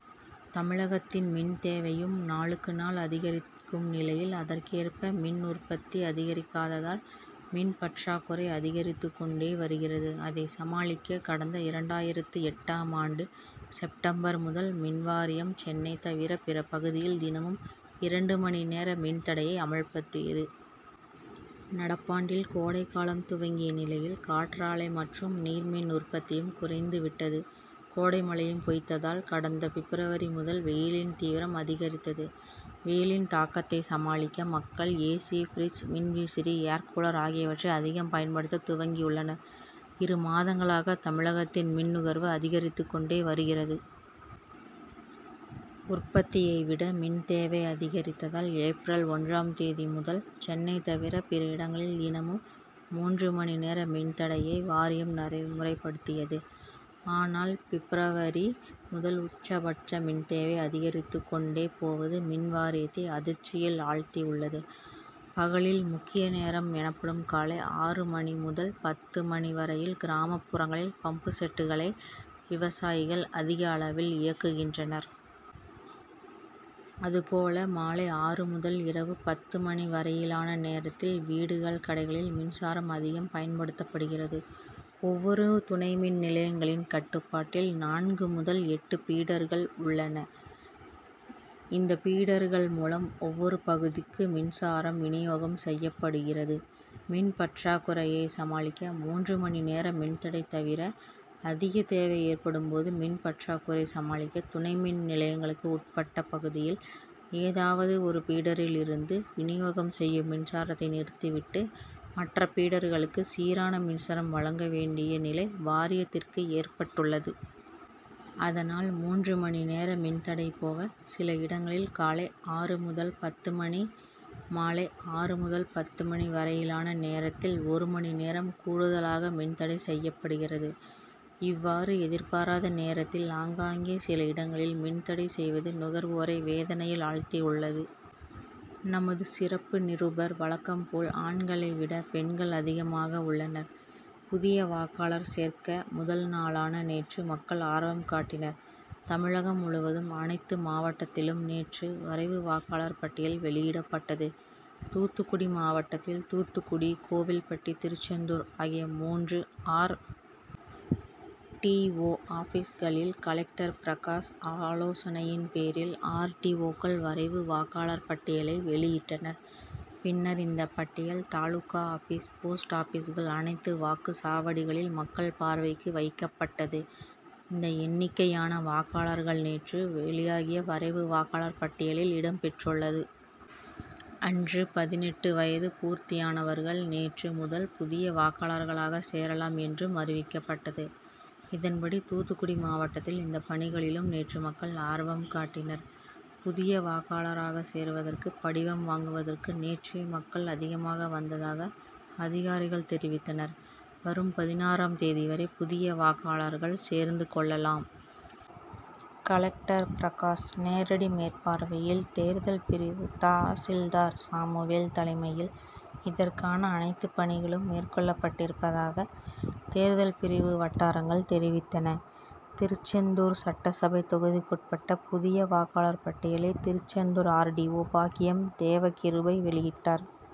தமிழகத்தின் மின்தேவையும் நாளுக்கு நாள் அதிகரிக்கும் நிலையில் அதற்கேற்ப மின் உற்பத்தி அதிகரிக்காததால் மின் பற்றாக்குறை அதிகரித்து கொண்டே வருகிறது. அதை சமாளிக்க கடந்த இரண்டாயிரத்து எட்டாம் ஆண்டு செப்டம்பர் முதல் மின்வாரியம் சென்னை தவிர பிற பகுதியில் தினமும் இரண்டு மணி நேர மின்தடையை அமல்படுத்தியது. நடப்பாண்டில் கோடைகாலம் துவங்கிய நிலையில் காற்றாலை மற்றும் நீர்மின் உற்பத்தியும் குறைந்து விட்டது. கோடைமழையும் பொய்த்ததால் கடந்த பிப்ரவரி முதல் வெயிலின் தீவிரம் அதிகரித்தது. வெயிலின் தாக்கத்தை சமாளிக்க மக்கள் ஏசி ப்ரிட்ஜ் மின் விசிறி ஏர்கூலர் ஆகியவற்றை அதிகம் பயன் படுத்த துவங்கியுள்ளனர். இரு மாதங்களாக தமிழகத்தின் மின்நுகர்வு அதிகரித்து கொண்டே வருகிறது. உற்பத்தியை விட மின் தேவை அதிகரித்ததால் ஏப்ரல் ஒன்றாம் தேதி முதல் சென்னை தவிர பிற இடங்களில் தினமும் மூன்று மணி நேர மின்தடையை வாரியம் நடைமுறைபடுத்தியது. ஆனால் பிப்ரவரி முதல் உச்சபட்ச மின்தேவை அதிகரித்து கொண்டே போவது மின்வாரியத்தை அதிர்ச்சியில் ஆழ்த்தியுள்ளது. பகலில் முக்கிய நேரம் எனப்படும் காலை ஆறு மணி முதல் பத்து மணி வரையில் கிராமப்புறங்களில் பம்ப்செட்களை விவசாயிகள் அதிக அளவில் இயக்குகின்றனர். அதுபோல மாலை ஆறு முதல் இரவு பத்து மணி வரையிலான நேரத்தில் வீடுகள் கடைகளில் மின்சாரம் அதிகம் பயன்படுத்தப்படுகிறது. ஒவ்வொரு துணை மின்நிலையங்களின் கட்டுப்பாட்டில் நான்கு முதல் எட்டு பீடர்கள் உள்ளன. இந்த பீடர்கள் மூலம் ஒவ்வொரு பகுதிக்கு மின்சாரம் வினியோகம் செய்யப்படுகிறது. மின் பற்றாக்குறையை சமாளிக்க மூன்று மணி நேர மின்தடை தவிர அதிக தேவை ஏற்படும் போது மின்பற்றாக்குறை சமாளிக்க துணை மின் நிலையங்களுக்கு உட்பட்ட பகுதியில் ஏதாவது ஒரு பீடரில் இருந்து வினியோகம் செய்யும் மின் சாரத்தை நிறுத்தி விட்டு மற்ற பீடர்களுக்கு சீரான மின்சாரம் வழங்க வேண்டிய நிலை வாரியத்திற்கு ஏற்பட்டுள்ளது. அதனால் மூன்று மணி நேர மின் தடை போக சில இடங்களில் காலை ஆறு முதல் பத்து மணி மாலை ஆறு முதல் பத்து மணி வரையிலான நேரத்தில் ஒரு மணி நேரம் கூடுதலாக மின்தடை செய்யப்படுகிறது. இவ்வாறு எதிர்பாராத நேரத்தில் ஆங்காங்கே சில இடங்களில் மின் தடை செய்வது நுகர்வோரை வேதனையில் ஆழ்த்தியுள்ளது. நமது சிறப்பு நிருபர் வழக்கம் போல் ஆண்களை விட பெண்கள் அதிகமாக உள்ளனர். புதிய வாக்காளர் சேர்க்க முதல் நாளான நேற்று மக்கள் ஆர்வம் காட்டினர். தமிழகம் முழுவதும் அனைத்து மாவட்டத்திலும் நேற்று வரைவு வாக்காளர் பட்டியல் வெளியிடப்பட்டது. தூத்துக்குடி மாவட்டத்தில் தூத்துக்குடி கோவில்பட்டி திருச்செந்தூர் ஆகிய மூன்று ஆர். டி. ஓ ஆபிஸ்களில் கலெக்டர் பிரகாஷ் ஆலோசனையின் பேரில் ஆர். டி. ஓக்கள் வரைவு வாக்காளர் பட்டியலை வெளியிட்டனர். பின்னர் இந்த பட்டியல் தாலுகா ஆபிஸ் போஸ்ட் ஆபிஸ்கள் அனைத்து வாக்குச்சாவடிகளில் மக்கள் பார்வைக்கு வைக்கப்பட்டது. இந்த எண்ணிக்கையான வாக்காளர்கள் நேற்று வெளியாகிய வரைவு வாக்காளர் பட்டியலில் இடம் பெற்றுள்ளது. அன்று பதினெட்டு வயது பூர்த்தியானவர்கள் நேற்று முதல் புதிய வாக்காளர்களாக சேரலாம் என்றும் அறிவிக்கப்பட்டது. இதன்படி தூத்துக்குடி மாவட்டத்தில் இந்த பணிகளிலும் நேற்று மக்கள் ஆர்வம் காட்டினர். புதிய வாக்காளராக சேர்வதற்கு படிவம் வாங்குவதற்கு நேற்றே மக்கள் அதிகமாக வந்ததாக அதிகாரிகள் தெரிவித்தனர். வரும் பதினாறாம் தேதி வரை புதிய வாக்காளர்கள் சேர்ந்து கொள்ளலாம். கலெக்டர் பிரகாஷ் நேரடி மேற்பார்வையில் தேர்தல் பிரிவு தா சில்தார் சாமுவேல் தலைமையில் இதற்கான அனைத்து பணிகளும் மேற்கொள்ளப்பட்டிருப்பதாக தேர்தல் பிரிவு வட்டாரங்கள் தெரிவித்தன. திருச்செந்தூர் சட்டசபை தொகுதிக்குட்பட்ட புதிய வாக்காளர் பட்டியலை திருச்செந்தூர் ஆர்டிஓ. பாக்கியம் தேவ கிருபை வெளியிட்டார்.